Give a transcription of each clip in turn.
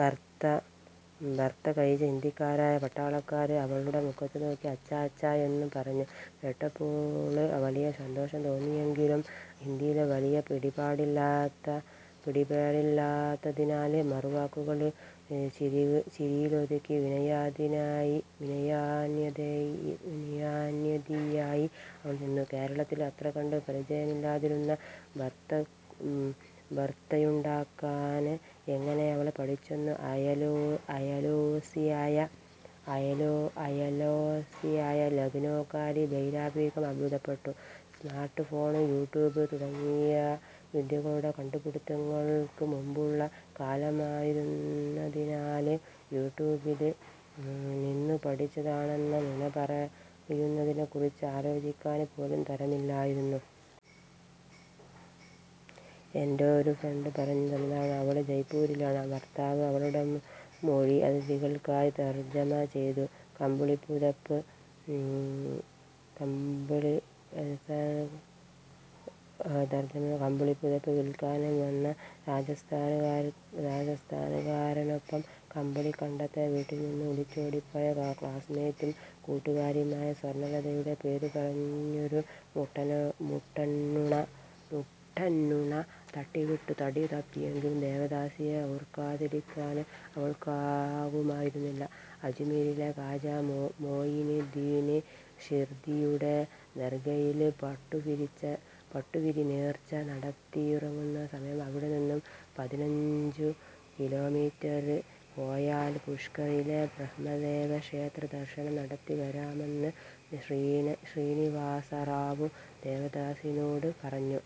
ബര്ത്ത കഴിച്ച ഹിന്ദിക്കാരായ പട്ടാളക്കാര് അവളുടെ മുഖത്തുനോക്കി 'അച്ഛാ, അച്ഛാ-' യെന്നു പറഞ്ഞു. കേട്ടപ്പോള് വലിയ സന്തോഷം തോന്നിയെങ്കിലും ഹിന്ദിയില് വലിയ പിടിപാടില്ലാത്തതിനാല് മറുവാക്കുകള് ചിരിയിലൊതുക്കി വിനയാന്വതിയായി അവള് നിന്നു. കേരളത്തില് അത്രകണ്ടു പരിചിതമല്ലാതിരുന്ന ബര്ത്തയുണ്ടാക്കാന് എങ്ങനെയവള് പഠിച്ചെന്നു അയല്വാസിയായ ലക്നോക്കാരി ലൈലാബീഗം അത്ഭുതപ്പെട്ടു. സ്മാര്ട്ട് ഫോണ്, യൂട്യൂബ് തുടങ്ങിയ വിദ്യകളുടെ കണ്ടുപിടുത്തങ്ങള്ക്ക് മുന്പുള്ള കാലമായിരുന്നതിനാല് യൂട്യൂബില് നിന്നും പഠിച്ചതാണെന്ന നുണപറയുന്നതിനെക്കുറിച്ച് ആലോചിക്കാന് പോലും തരമില്ലായിരുന്നു. 'എന്റെ ഒരു ഫ്രണ്ട് പറഞ്ഞു തന്നതാണ്. അവള് ജയ്പ്പൂരിലാണ്'' ഭര്ത്താവ് അവളുടെ മൊഴി അതിഥികള്ക്കായി തര്ജമ ചെയ്തു. കമ്പിളിപ്പുതപ്പു വില്ക്കാന് വന്ന രാജസ്ഥാന്കാരനൊപ്പം കമ്പിളികണ്ടത്തെ വീട്ടില്നിന്നും ഒളിച്ചോടിപ്പോയ ക്ലാസ്മേറ്റും കൂട്ടുകാരിയുമായ സ്വര്ണ്ണലതയുടെ പേരുപറഞ്ഞൊരു മുട്ടന്നുണ തട്ടിവിട്ടു തടിതപ്പിയെങ്കിലും ദേവദാസിനെ ഓര്ക്കാതിരിക്കാന് അവള്ക്കാകുമായിരുന്നില്ല. അജ്മീറിലെ കാജാ മോയിനുദ്ദിന് ഷിര്ദ്ദിയുടെ ദര്ഗയില് പട്ടുവിരിനേര്ച്ച നടത്തിയിറങ്ങുന്നസമയം അവിടെനിന്നും പതിനഞ്ചുകിലോമീറ്റര് പോയാല് പുഷ്കറിലെ ബ്രഹ്മദേവക്ഷേത്ര ദര്ശനം നടത്തിവരാമെന്ന് ശ്രീനിവാസറാവു ദേവദാസിനോട് പറഞ്ഞു.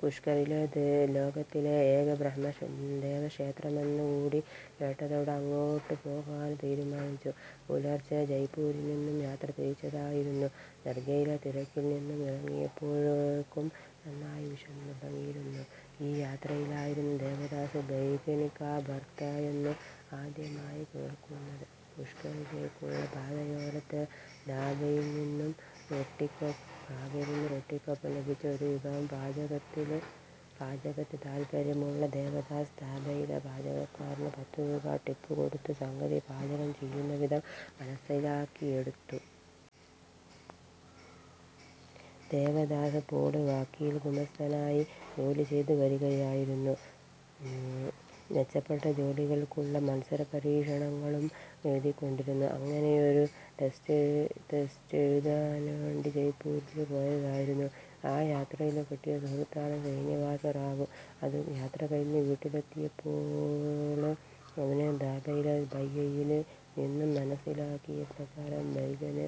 പുഷ്കറിലേത് ലോകത്തിലെ ഏക ബ്രഹ്മദേവ ക്ഷേത്രമെന്നുകൂടി കേട്ടതോടെ അങ്ങോട്ടു പോകാന് തീരുമാനിച്ചു. പുലര്ച്ചെ ജയ്പൂരില്നിന്നും യാത്രതിരിച്ചതായിരുന്നു. ദര്ഗയിലെ തിരക്കില്നിന്നും ഇറങ്ങിയപ്പോഴേക്കും നന്നായി വിശന്നുതുടങ്ങിയിരുന്നു. ആ യാത്രയിലായിരുന്നു ദേവദാസ് 'ബൈഗന് കാ ബര്ത്താ'യെന്നു ആദ്യമായി കേള്ക്കുന്നത്. പുഷ്കറിലേക്കുള്ള പാതയോരത്തെ ദാബയില്നിന്നും റൊട്ടിക്കൊപ്പം ലഭിച്ച ഒരു വിഭവം. പാചകത്തില് താല്പര്യമുള്ള ദേവദാസ്, ദാബയിലെ പാചകക്കാരന് പത്തുരൂപാ ടിപ്പുകൊടുത്ത് സംഗതി പാചകം ചെയ്യുന്ന വിധം മനസ്സിലാക്കിയെടുത്തു. ദേവദാസപ്പോള് വക്കീല്ഗുമസ്തനായി ജോലിചെയ്തു വരികയായിരുന്നു. മെച്ചപ്പെട്ട ജോലികള്ക്കുള്ള മത്സരപരീക്ഷകളും എഴുതിക്കൊണ്ടിരുന്നു. അങ്ങനെയൊരു ടെസ്റ്റെഴുതാന്വേണ്ടി ജയ്പ്പൂരില് പോയതായിരുന്നു. ആ യാത്രയില് കിട്ടിയ സുഹൃത്താണ് ശ്രീനിവാസറാവു. യാത്രകഴിഞ്ഞു വീട്ടിലെത്തിയപ്പോള് അവന് ദാബയിലെ ഭയ്യയില് നിന്നും മനസ്സിലാക്കിയ പ്രകാരം 'ബൈഗന്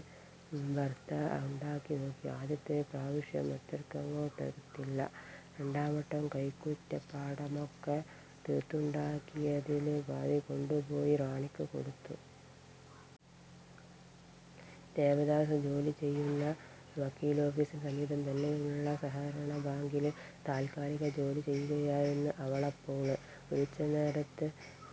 ബര്ത്ത' ഉണ്ടാക്കിനോക്കി. ആദ്യത്തെ പ്രാവശ്യം അത്രയ്ക്കങ്ങോട്ടൊത്തില്ല. രണ്ടാംവട്ടം കൈക്കുറ്റപ്പാടൊക്കെ തീര്ത്തുണ്ടാക്കിയതില് പാതികൊണ്ടുപോയി റാണിക്ക് കൊടുത്തു. ദേവദാസ് ജോലിചെയ്യുന്ന വക്കീലോഫിസിനു സമീപം തന്നെയുള്ള സഹകരണബാങ്കില് താല്ക്കാലിക ജോലി ചെയ്യുകയായിരുന്നു അവളപ്പോള്. ഒരുച്ചനേരത്ത്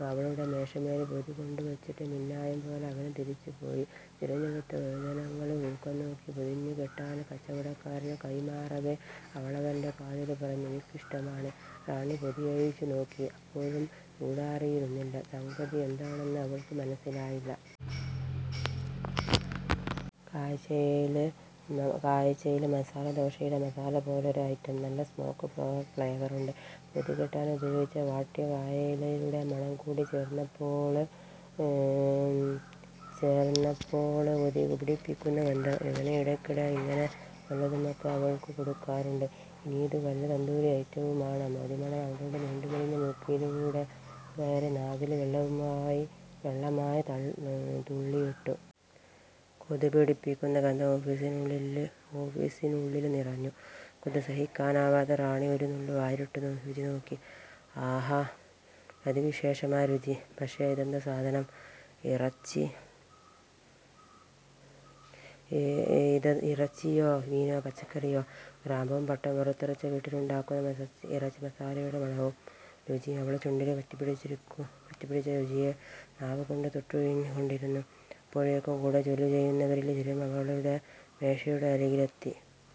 അവളുടെ മേശമേല് പൊതികൊണ്ടുവെച്ചിട്ട് മിന്നായംപോലെ അവന് തിരിച്ചുപോയി. തിരഞ്ഞെടുത്ത വഴുതനങ്ങകള് തൂക്കംനോക്കി പൊതിഞ്ഞുകെട്ടാന് കച്ചവടക്കാരനു കൈമാറവേ അവളവന്റെ കാതില് പറഞ്ഞു. '' എനിക്കിഷ്ടമാണ്'' റാണി പൊതിയഴിച്ചുനോക്കി. അപ്പോഴും ചൂടാറിയിരുന്നില്ല. സംഗതി എന്താണെന്നു അവള്ക്കു മനസ്സിലായില്ല. കാഴ്ചയില് മസാലദോശയുടെ മസാല പോലൊരു ഐറ്റം. നല്ല സ്മോക്ക് ഫ്ലേവറുണ്ട്. പൊതികെട്ടാന് ഉപയോഗിച്ച വാട്ടിയ വാഴയിലയുടെ മണംകൂടി ചേര്ന്നപ്പോള് കൊതിപിടിപ്പിക്കുന്ന ഗന്ധം. അവന് ഇടക്കിടെ ഇങ്ങനെ വല്ലതുമൊക്കെ അവള്ക്കു കൊടുക്കാറുണ്ട്. ഇനിയിതു വല്ല തന്തൂരി ഐറ്റവുമാണോ? കൊതിമണം അവളുടെ നീണ്ടുമെലിഞ്ഞ മൂക്കിലൂടകത്തുകയറി നാവില് വെള്ളമായി തുള്ളിയിട്ടു. കൊതിപിടിപ്പിക്കുന്ന ഗന്ധം ഓഫീസിനുള്ളില് നിറഞ്ഞു. കൊതിസഹിക്കാനാവാതെ റാണി ഒരുനുള്ള് വായിലിട്ടു രുചിനോക്കി. ആഹാ.. അതിവിശേഷമായ രുചി!. പക്ഷെ ഇതെന്തു സാധനം!. ഇറച്ചിയോ മീനോ പച്ചക്കറിയോ? ഗ്രാമ്പുവും പട്ടയും വറുത്തരച്ചു വീട്ടിലുണ്ടാക്കുന്ന ഇറച്ചിമസാലയുടെ മണവും രുചിയും!. അവള് ചുണ്ടില് പറ്റിപ്പിടിച്ച രുചിയെ നാവുകൊണ്ട് തൊട്ടുഴിഞ്ഞുകൊണ്ടിരുന്നു. അപ്പോഴേക്കും കൂടെ ജോലിചെയ്യുന്നവരില് ചിലരും അവളുടെ മേശയുടെ അരികിലെത്തി.